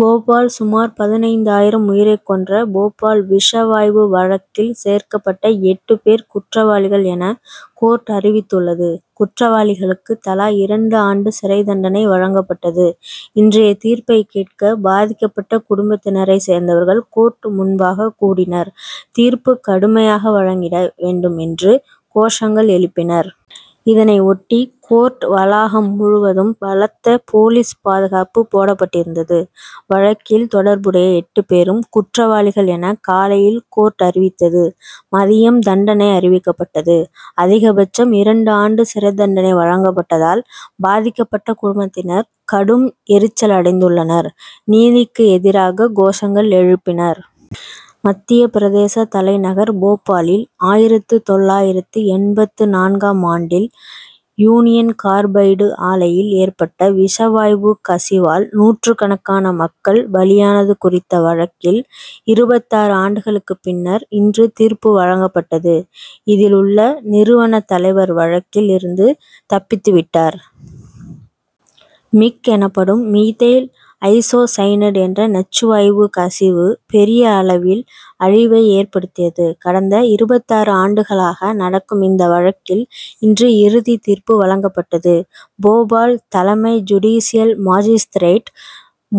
போபால் சுமார் பதினைந்து ஆயிரம் உயிரை கொன்ற போபால் விஷ வாயு வழக்கில் சேர்க்கப்பட்ட எட்டு பேர் குற்றவாளிகள் என கோர்ட் அறிவித்துள்ளது. குற்றவாளிகளுக்கு தலா இரண்டு ஆண்டு சிறைத்தண்டனை வழங்கப்பட்டது. இன்றைய தீர்ப்பை கேட்க பாதிக்கப்பட்ட குடும்பத்தினரை சேர்ந்தவர்கள் கோர்ட் முன்பாக கூடினர். தீர்ப்பு கடுமையாக வழங்கிட வேண்டும் என்று கோஷங்கள் எழுப்பினர். இதனையொட்டி கோர்ட் வளாகம் முழுவதும் பலத்த போலீஸ் பாதுகாப்பு போடப்பட்டிருந்தது. வழக்கில் தொடர்புடைய எட்டு பேரும் குற்றவாளிகள் என காலையில் கோர்ட் அறிவித்தது. மதியம் தண்டனை அறிவிக்கப்பட்டது. அதிகம் பட்சம் இரண்டு ஆண்டு சிறைத்தண்டனை வழங்கப்பட்டதால் பாதிக்கப்பட்ட குடும்பத்தினர் கடும் எரிச்சல் அடைந்துள்ளனர். நீதிக்கு எதிராக கோஷங்கள் எழுப்பினர். மத்திய பிரதேச தலைநகர் போபாலில் ஆயிரத்து தொள்ளாயிரத்து எண்பத்து நான்காம் ஆண்டில், யூனியன் கார்பைடு ஆலையில் ஏற்பட்ட விஷவாயு கசிவால் நூற்றுக்கணக்கான மக்கள் பலியானது குறித்த வழக்கில் இருபத்தாறு ஆண்டுகளுக்கு பின்னர் இன்று தீர்ப்பு வழங்கப்பட்டது. இதில் உள்ள நிறுவன தலைவர் வழக்கில் இருந்து தப்பித்து விட்டார். மிக் எனப்படும் மீதைல் ஐசோ சைனைடு என்ற நச்சு வாயு கசிவு, பெரிய அளவில் அழிவை ஏற்படுத்தியது. கடந்த இருபத்தாறு ஆண்டுகளாக நடக்கும் இந்த வழக்கில், இன்று இறுதி தீர்ப்பு வழங்கப்பட்டது. போபால் தலைமை ஜுடிசியல் மாஜிஸ்திரேட்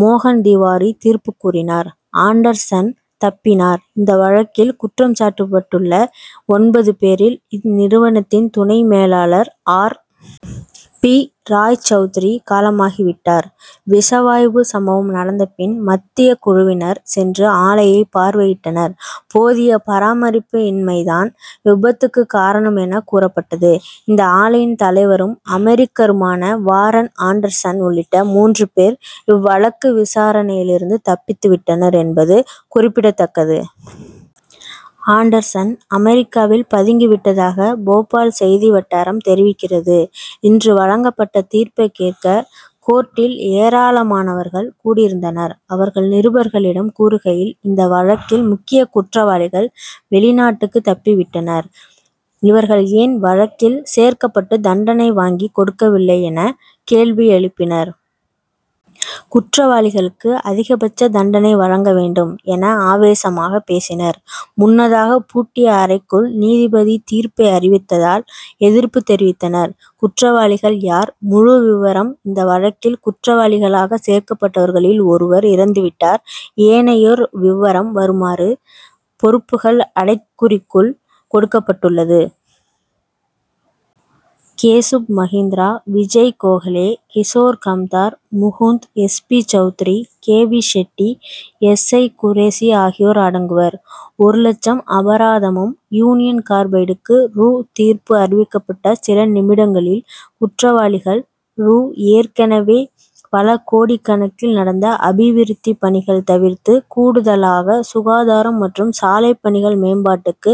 மோகன் திவாரி தீர்ப்பு கூறினார். ஆண்டர்சன் தப்பினார் இந்த வழக்கில் குற்றம் சாட்டப்பட்டுள்ள ஒன்பது பேரில், இந்நிறுவனத்தின் துணை மேலாளர் ஆர். பி. ராய் சவுத்ரி காலமாகிவிட்டார். விஷவாயு சம்பவம் நடந்த பின், மத்தியக் குழுவினர் சென்று ஆலையை பார்வையிட்டனர். போதிய பராமரிப்பின்மை தான் விபத்துக்கு காரணம் என கூறப்பட்டது. இந்த ஆலையின் தலைவரும், அமெரிக்கருமான வாரன் ஆண்டர்சன் உள்ளிட்ட மூன்று பேர், இவ்வழக்கு விசாரணையிலிருந்து தப்பித்து விட்டனர் என்பது குறிப்பிடத்தக்கது. ஆண்டர்சன் அமெரிக்காவில் பதுங்கி விட்டதாக போபால் செய்தி வட்டாரம் தெரிவிக்கிறது. இன்று வழங்கப்பட்ட தீர்பை கேட்க கோர்ட்டில் ஏராளமனவர்கள் கூடியிருந்தனர். அவர்கள் நிருபர்களிடம் கூறுகையில் இந்த வழக்கில் முக்கிய குற்றவாளிகள் வெளிநாட்டுக்கு தப்பி விட்டனர். இவர்கள் ஏன் வழக்கில் சேர்க்கப்பட்டு தண்டனை வாங்கி கொடுக்கவில்லை என கேள்வி எழுப்பினர். குற்றவாளிகளுக்கு அதிப்பட்ச தண்டனை வழங்க வேண்டும் என ஆவேசமாக பேசினர். முன்னதாக பூட்டிய அறைக்குள் நீதிபதி தீர்ப்பை அறிவித்ததால் எதிர்ப்பு தெரிவித்தனர். குற்றவாளிகள் யார்? முழு விவரம் இந்த வழக்கில் குற்றவாளிகளாக சேர்க்கப்பட்டவர்களில் ஒருவர் இறந்து விட்டார். ஏனையோர் விவரம் வருமாறு பொறுப்புகள் அடைகுறிக்குள் கொடுக்கப்பட்டுள்ளது. Keshub Mahindra, Vijay Gokhale, Kishore Kamdar, Mukund, SP., Chaudhary, K. We., Shetty S. ஐ., குரேஷி. ஆகியோர் அடங்குவர். ஒரு லட்சம் அபராதமும், யூனியன் கார்பைடுக்கு ரூ. தீர்ப்பு அறிவிக்கப்பட்ட சில நிமிடங்களில் குற்றவாளிகள் ரூ. ஏற்கனவே பல கோடிக்கணக்கில் நடந்த அபிவிருத்தி பணிகள் தவிர்த்து கூடுதலாக சுகாதாரம் மற்றும் சாலைப்பணிகள் மேம்பாட்டுக்கு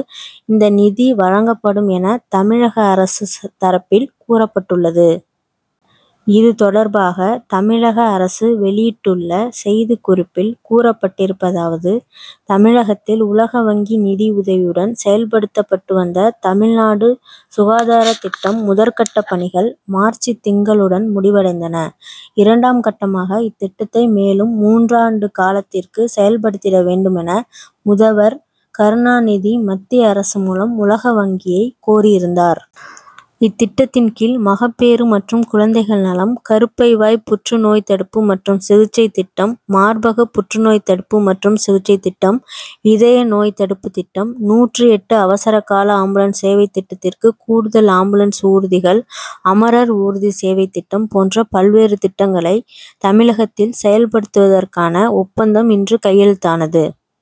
இந்த நிதி வழங்கப்படும் என தமிழக அரசு தரப்பில் கூறப்பட்டுள்ளது. இது தொடர்பாக தமிழக அரசு வெளியிட்டுள்ள செய்திக்குறிப்பில் கூறப்பட்டிருப்பதாவது தமிழகத்தில் உலக வங்கி நிதியுதவியுடன் செயல்படுத்தப்பட்டு வந்த, தமிழ்நாடு சுகாதாரத் திட்டம் முதற்கட்டப் பணிகள் மார்ச்சுத் திங்களுடன் முடிவடைந்தன. இரண்டாம் கட்டமாக இத்திட்டத்தை மேலும் மூன்றாண்டு காலத்திற்குச் செயல்படுத்திட வேண்டுமென முதவர் கருணாநிதி மத்திய அரசு மூலம் உலக வங்கியைக் கோரியிருந்தார். இத்திட்டத்தின்கீழ், மகப்பேறு மற்றும் குழந்தைகள் நலம், கருப்பைவாய்ப் புற்று நோய்த்தடுப்பு மற்றும் சிகிச்சைத் திட்டம், மார்பகப் புற்றுநோய்த் தடுப்பு மற்றும் சிகிச்சைத் திட்டம், இதய நோய்த் தடுப்புத் திட்டம், நூற்று எட்டு அவசரகால ஆம்புலன்ஸ் சேவைத்திட்டத்திற்குக் கூடுதல் ஆம்புலன்ஸ் ஊர்திகள், அமரர் ஊர்தி சேவைத்திட்டம் போன்ற பல்வேறு திட்டங்களைத் தமிழகத்தில் செயல்படுத்துவதற்கான ஒப்பந்தம் இன்று கையெழுத்தானது.